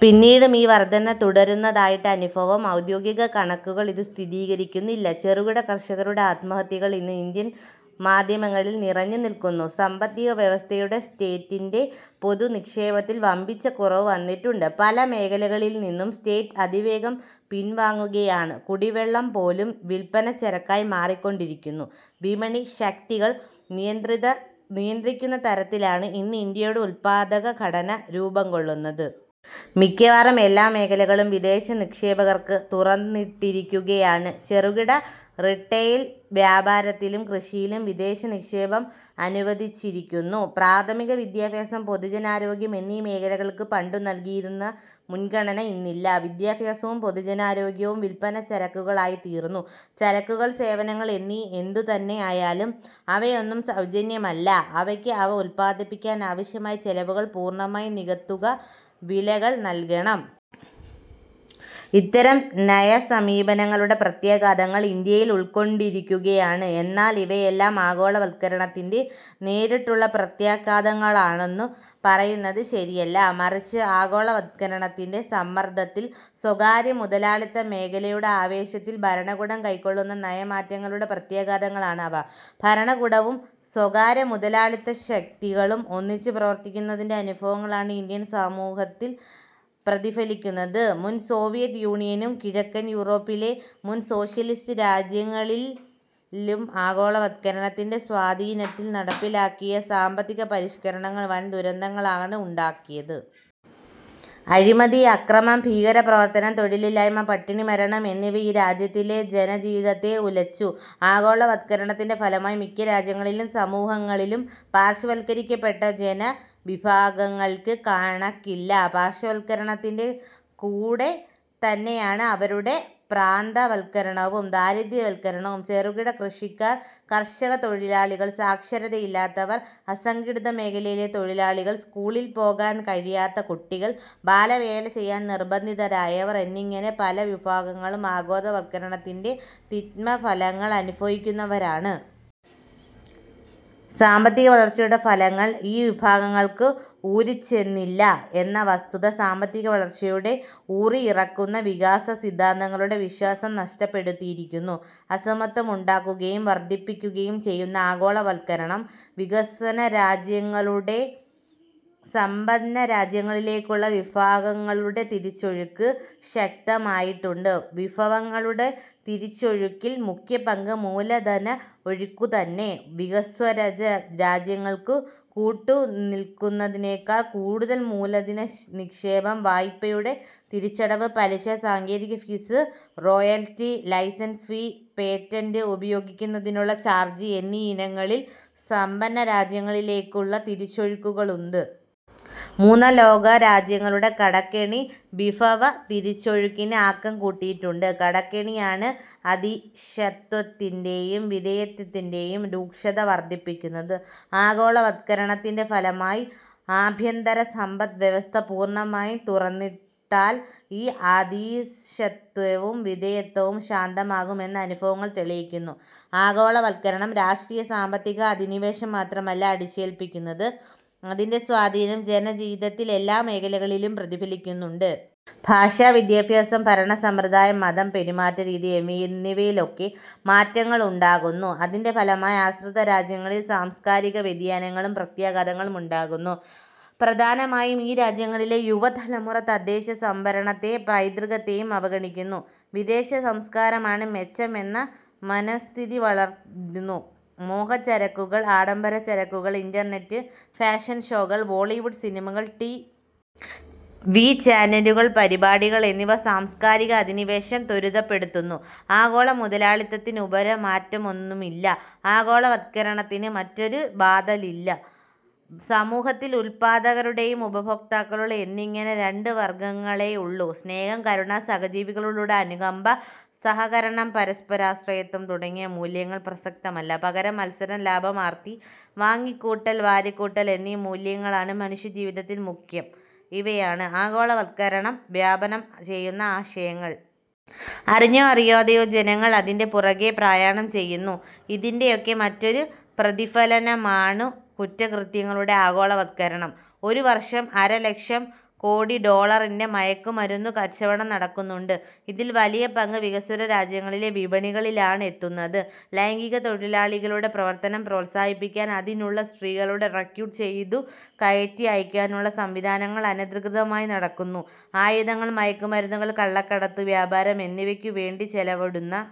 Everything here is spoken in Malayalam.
പിന്നീടും ഈ വർധന തുടരുന്നതായിട്ടാണ് അനുഭവം. ഔദ്യോഗികകണക്കുകൾ ഇതു സ്ഥിരീകരിക്കുന്നില്ല. ചെറുകിടകർഷകരുടെ ആത്മഹത്യകൾ ഇന്ന് ഇന്ത്യൻ മാധ്യമങ്ങളിൽ നിറഞ്ഞുനില്ക്കുന്നു. സമ്പദ്വ്യവസ്ഥയിലെ സ്റ്റേറ്റിന്റെ പൊതുനിക്ഷേപത്തിൽ വമ്പിച്ച കുറവു വന്നിട്ടുണ്ട്. പല മേഖലകളിൽനിന്നും സ്റ്റേറ്റ് അതിവേഗം പിൻവാങ്ങുകയാണ്. കുടിവെള്ളംപോലും വില്പനച്ചരക്കായി മാറിക്കൊണ്ടിരിക്കുന്നു. വിപണി ശക്തികൾ നിയന്ത്രിക്കുന്നതരത്തിലാണ് ഇന്ന് ഇന്ത്യയുടെ ഉത്പാദനഘടന രൂപംകൊള്ളുന്നത്. മിക്കവാറും എല്ലാ മേഖലകളും വിദേശനിക്ഷേപകർക്ക് തുറന്നിട്ടിരിക്കുകയാണ്. ചെറുകിട റീട്ടെയിൽ വ്യാപാരത്തിലും കൃഷിയിലും വിദേശനിക്ഷേപം അനുവദിച്ചിരിക്കുന്നു. പ്രാഥമികവിദ്യാഭ്യാസം പൊതുജനാരോഗ്യം എന്നീ മേഖലകൾക്ക് പണ്ടു നൽകിയിരുന്ന മുൻഗണന ഇന്നില്ല. വിദ്യാഭ്യാസവും പൊതുജനാരോഗ്യവും വില്പനച്ചരക്കുകളായിത്തീർന്നു. ചരക്കുകൾ, സേവനങ്ങൾ എന്നിവ എന്തുതന്നെ ആയാലും അവയൊന്നും സൌജന്യമല്ല. അവയ്ക്ക് അവ ഉത്പാദിപ്പിക്കാനാവശ്യമായ ചെലവു പൂർണമായി നികത്തുന്ന വിലകൾ നൽകണം. ഇത്തരം നയസമീപനങ്ങളുടെ പ്രത്യാഘാതങ്ങൾ ഇന്ത്യയിൽ ഉണ്ടായിക്കൊണ്ടിരിക്കുകയാണ്. എന്നാൽ ഇവയെല്ലാം ആഗോളവത്കരണത്തിന്റെ നേരിട്ടുള്ള പ്രത്യാഘാതങ്ങളാണെന്നു പറയുന്നത് ശരിയല്ല. മറിച്ച്, ആഗോളവത്കരണത്തിന്റെ സമ്മർദത്തിൽ സ്വകാര്യമുതലാളിത്തമേഖലയുടെ ആവേശത്തിൽ ഭരണകൂടം കൈക്കൊള്ളുന്ന നയമാറ്റങ്ങളുടെ പ്രത്യാഘതങ്ങളാണ് അവ. ഭരണകൂടവും സ്വകാര്യമുതലാളിത്തശക്തികളും ഒന്നിച്ചു പ്രവർത്തിക്കുന്നതിന്റെ അനുഭവങ്ങളാണ് ഇന്ത്യൻ സമൂഹത്തിൽ പ്രതിഫലിക്കുന്നത്. മുൻസോവിയറ്റ് യൂണിയനിലും കിഴക്കൻ യൂറോപ്പിലെ മുൻസോഷ്യലിസ്റ്റ് രാജ്യങ്ങളിലും ആഗോളവത്കരണത്തിന്റെ സ്വാധീനത്തിൽ നടപ്പാക്കിയ സാമ്പത്തികപരിഷ്കാരങ്ങൾ വൻദുരന്തങ്ങളാണ് ഉണ്ടാക്കിയത്. അഴിമതി, അക്രമം, ഭീകരപ്രവർത്തനം, തൊഴിലില്ലായ്മ, പട്ടിണിമരണം എന്നിവ ഈ രാജ്യങ്ങളിലെ ജനജീവിതത്തെ ഉലച്ചു. ആഗോളവത്കരണത്തിന്റെ ഫലമായി മിക്ക രാജ്യങ്ങളിലും സമൂഹങ്ങളിലും പാർശ്വവത്കരിക്കപ്പെട്ട ജനവിഭാഗങ്ങൾക്ക് കണക്കില്ല. പാർശ്വവത്കരണത്തിന്റെ കൂടെത്തന്നെയാണ് അവരുടെ പ്രാന്തവത്കരണവും, ദരിദ്രവത്കരണവും. ചെറുകിടകൃഷിക്കാർ, കർഷകത്തൊഴിലാളികൾ, സാക്ഷരതയില്ലാത്തവർ, അസംഘടിതമേഖലയിലെ തൊഴിലാളികൾ, സ്കൂളിൽപോകാൻ കഴിവില്ലാത്ത കുട്ടികൾ, ബാലവേല ചെയ്യാൻ നിർബന്ധിതരായവർ എന്നിങ്ങനെ പല വിഭാഗങ്ങളും ആഗോളവത്കരണത്തിന്റെ തിക്തഫലം അനുഭവിക്കുന്നവരാണ്. സാമ്പത്തിക വളർച്ചയുടെ ഫലങ്ങൾ ഈ വിഭാഗങ്ങളിലേക്ക് ഊറിച്ചെന്നില്ല എന്ന വസ്തുത "സാമ്പത്തികവളർച്ചയിലൂടെ ഊറിഇറങ്ങുന്ന വികസനസിദ്ധാന്തത്തിലുള്ള വിശ്വാസം നഷ്ടപ്പെടുത്തിയിരിക്കുന്നു. അസമത്വം ഉണ്ടാക്കുകയും വർധിപ്പിക്കുകയും ചെയ്യുന്ന ആഗോളവത്കരണം വികസ്വരരാജ്യങ്ങളിൽനിന്നും സമ്പന്നരാജ്യങ്ങളിലേക്കുള്ള വിഭവങ്ങളുടെ തിരിച്ചൊഴുക്ക് ശക്തമാക്കിയിട്ടുണ്ട്. വിഭവങ്ങളുടെ തിരിച്ചൊഴുക്കിൽ മുഖ്യപങ്ക് മൂലധനഒഴുക്കിനുതന്നെ. വികസ്വരരാജ്യങ്ങൾക്കു കിട്ടുന്നതിനെക്കാൾ കൂടുതൽ മൂലധനനിക്ഷേപം, വായ്പയുടെ തിരിച്ചടവ്, പലിശ, സാങ്കേതികഫീസ്, റോയൽറ്റി, ലൈസൻസ് ഫീ, പേറ്റന്റ് ഉപയോഗിക്കുന്നതിനുള്ള ചാർജ് എന്നീയിനങ്ങളിൽ സമ്പന്നരാജ്യങ്ങളിലേക്കുള്ള തിരിച്ചൊഴുക്കുണ്ട്. മൂന്നാം ലോകരാജ്യങ്ങളുടെ കടക്കെണി വിഭവതിരിച്ചൊഴുക്കിന് ആക്കം കൂട്ടിയിട്ടുണ്ട്. കടക്കെണിയാണ് അധീശത്വത്തിന്റെയും വിധേയത്വത്തിന്റെയും രൂക്ഷത വർധിപ്പിക്കുന്നത്. ആഗോളവത്കരണത്തിന്റെ ഫലമായി ആഭ്യന്തരസമ്പദ്വ്യവസ്ഥ പൂർണമായി തുറന്നിട്ടാൽ ഈ അധീശത്വവും വിധേയത്വവും ശക്തമാകും എന്ന് അനുഭവങ്ങൾ തെളിയിക്കുന്നു. ആഗോളവത്കരണം രാഷ്ട്രീയ-സാമ്പത്തിക അധിനിവേശം മാത്രമല്ല അടിച്ചേൽപ്പിക്കുന്നത്. അതിന്റെ സ്വാധീനം ജനജീവിതത്തിന്റെ എല്ലാ മേഖലകളിലും പ്രതിഫലിക്കുന്നുണ്ട്. ഭാഷ, വിദ്യാഭ്യാസം, ഭരണസമ്പ്രദായം, മതം, പെരുമാറ്റരീതി എന്നിവയിലൊക്കെ മാറ്റങ്ങൾ ഉണ്ടാകുന്നു. അതിന്റെ ഫലമായി ആശ്രിതരാജ്യങ്ങളിൽ സാംസ്കാരിക വ്യതിയാനങ്ങളും പ്രത്യാഘാതങ്ങളും ഉണ്ടകുന്നു. പ്രധാനമായും ഈ രാജ്യങ്ങളിലെ യുവതലമുറ തദ്ദേശസംസ്കാരത്തെയും പൈതൃകത്തെയും അവഗണിക്കുന്നു. വിദേശസംസ്കാരമാണ് മെച്ചം എന്ന മനഃസ്ഥിതി വളരുന്നു. മോഹച്ചരക്കുകൾ, ആഡംബരച്ചരക്കുകൾ, ഇന്റർനെറ്റ്, ഫാഷൻഷോകൾ, ഹോളിവുഡ് സിനിമകൾ, ടി. വി. ചാനൽ പരിപാടികൾ എന്നിവ സാംസ്കാരിക അധിനിവേശം ത്വരിതപ്പെടുത്തുന്നു. ആഗോളമുതലാളിത്തത്തിനുപരി മറ്റൊന്നില്ല; ആഗോളവത്കരണത്തിന് മറ്റൊരു ബദലില്ല; സമൂഹത്തിൽ ഉത്പാദകരും ഉപഭോക്താക്കളും എന്നിങ്ങനെ രണ്ട് വർഗങ്ങളെയുള്ളൂ; സ്നേഹം, കരുണ, സഹജീവികളോടുള്ള അനുകമ്പ, സഹകരണം, പരസ്പരാശ്രയത്വം തുടങ്ങിയ മൂല്യങ്ങൾ പ്രസക്തമല്ല; പകരം, മത്സരം, ലാഭം, ആർത്തി, വാങ്ങിക്കൂട്ടൽ, വാരിക്കൂട്ടൽ എന്നീ മൂല്യങ്ങളാണ് മനുഷ്യജീവിതത്തിൽ മുഖ്യം ഇവയാണ് ആഗോളവത്കരണം വ്യാപനം ചെയ്യുന്ന ആശയങ്ങൾ. അറിഞ്ഞോ അറിയാതെയോ ജനങ്ങൾ അതിന്റെ പുറകെ പ്രയാണം ചെയ്യുന്നു. ഇതിന്റെയൊക്കെ മറ്റൊരു പ്രതിഫലനമാണു കുറ്റകൃത്യങ്ങളുടെ ആഗോളവത്കരണം. ഒരുവർഷം അരലക്ഷം കോടിഡോളറിന്റെ മയക്കുമരുന്നു കച്ചവടം നടക്കുന്നുണ്ട്. ഇതിൽ വലിയ പങ്ക് വികസ്വര രാജ്യങ്ങളിലെ വിപണികളിലാണ് എത്തുന്നത്. ലൈംഗികത്തൊഴിലാളികളുടെ പ്രവർത്തനം പ്രോത്സാഹിപ്പിക്കാൻ അതിനുള്ള സ്ത്രീകളെ റിക്രൂട്ടു ചെയ്തുകയറ്റി അയയ്ക്കാനുള്ള സംവിധാനങ്ങൾ അനധികൃതമായി നടക്കുന്നു. ആയുധങ്ങൾ, മയക്കുമരുന്നുകൾ, കള്ളക്കടത്തു വ്യാപാരം എന്നിവയ്ക്കുവേണ്ടി ചെലവിടുന്ന